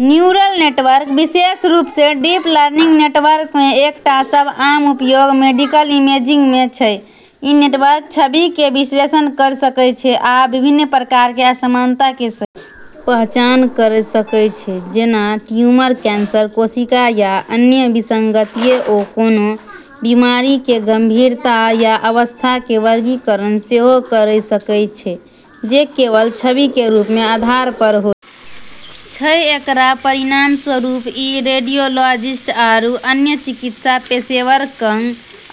Neural network विशेष रूप सं डीप लर्निंग नेटवर्क कें एकटा सब सं आम उपयोग मेडिकल इमेजिंग मे छै, ई नेटवर्क छविक कें विश्लेषण कयर सकय छै आ विभिन्न प्रकार कें असामान्यताक कें सही पहचान कयर सकय छै जेना ट्यूमर, कैंसर कोशिका या अन्य विसंगतियक ओ कोनों बीमारी कें गंभीरता या अवस्था कें वर्गीकरण सेहो कयर सकय छै जे केवल छवि कें रूप कें आधार पर होयत छै, एकरऽ परिणामस्वरूप ई रेडियोलॉजिस्ट आरू अन्य चिकित्सा पेशेवरऽ कं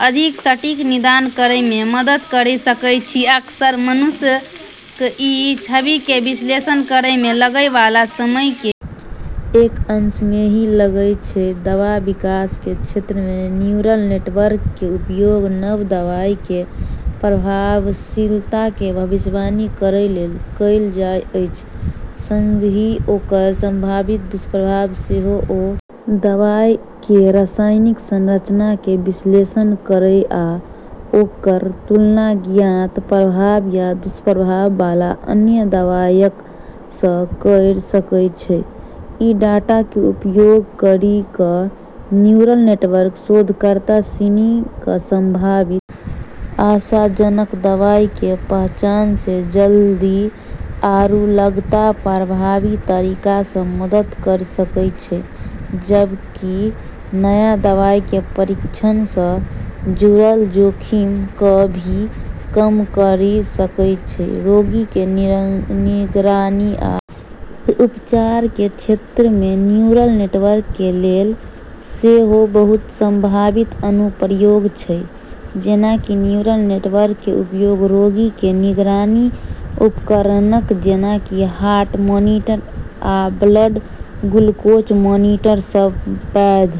अधिक सटीक निदान करै मे मदद करी सकै छै जे अक्सर मनुष्य क ई छवि के विश्लेषण करै मे लगै वाला समय के एक अंश मे ही लगै छै, दवा विकास के क्षेत्र में न्यूरल नेटवर्क के उपयोग नव दवाई के प्रभावशीलता के भविष्यवाणी करय लेल कयल जाइत अछि संगहि ओकर संभावित दुष्प्रभाव के सेहो ओ दवाई कें रासायनिक संरचना कें विश्लेषण कयर आ ओकर तुलना ज्ञात प्रभाव या दुष्प्रभाव वाला अन्य दवाइयक सं कयर सकय छै, ई डाटा के उपयोग करी क न्यूरल नेटवर्क शोधकर्ता सिनी क संभावित आशाजनक दवाई के पहचान मे जल्दी आरू लागत प्रभावी तरीका स मदद करी सकै छै, जबकि नया दवाई के परीक्षण स जुड़लऽ जोखिम क॑ भी कम करी सकै छै, रोगी कें निगरानी आ उपचार कें क्षेत्र मे न्यूरल नेटवर्क कें लेल सेहो बहुत संभावित अनुप्रयोग छै जेना कि न्यूरल नेटवर्क कें उपयोग रोगी कें निगरानी उपकरणक जेना कि हार्ट मॉनिटर आ ब्लड ग्लूकोज मॉनिटर सं पैघ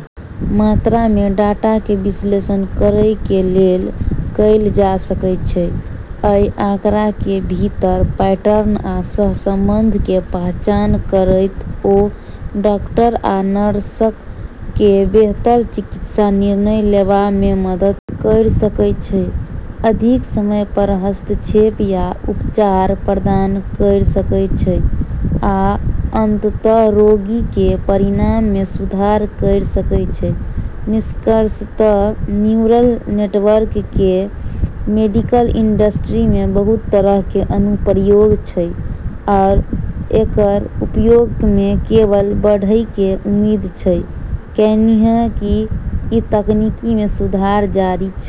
मात्रा मे डाटा कें विश्लेषण करय कें लेल कैल जा सकय छै, अइ आंकड़ा कें भीतर पैटर्न आ सहसंबंध कें पहचान करयत ओ डॉक्टर आ नर्सक कें बेहतर चिकित्सा निर्णय लेवा मे मदद कयर सकय छै, अधिक समय पर हस्तक्षेप या उपचार प्रदान कयर सकय छै आ अंततः रोगी कें परिणाम मे सुधार कयर सकय छै, निष्कर्षतः न्यूरल नेटवर्क केरऽ मेडिकल इंडस्ट्री मे बहुत तरह के अनुप्रयोग छै आरू एकरऽ उपयोग मे केवल बढ़ै के उम्मीद छै, कैन्हेंकि ई तकनीक मे सुधार जारी छै।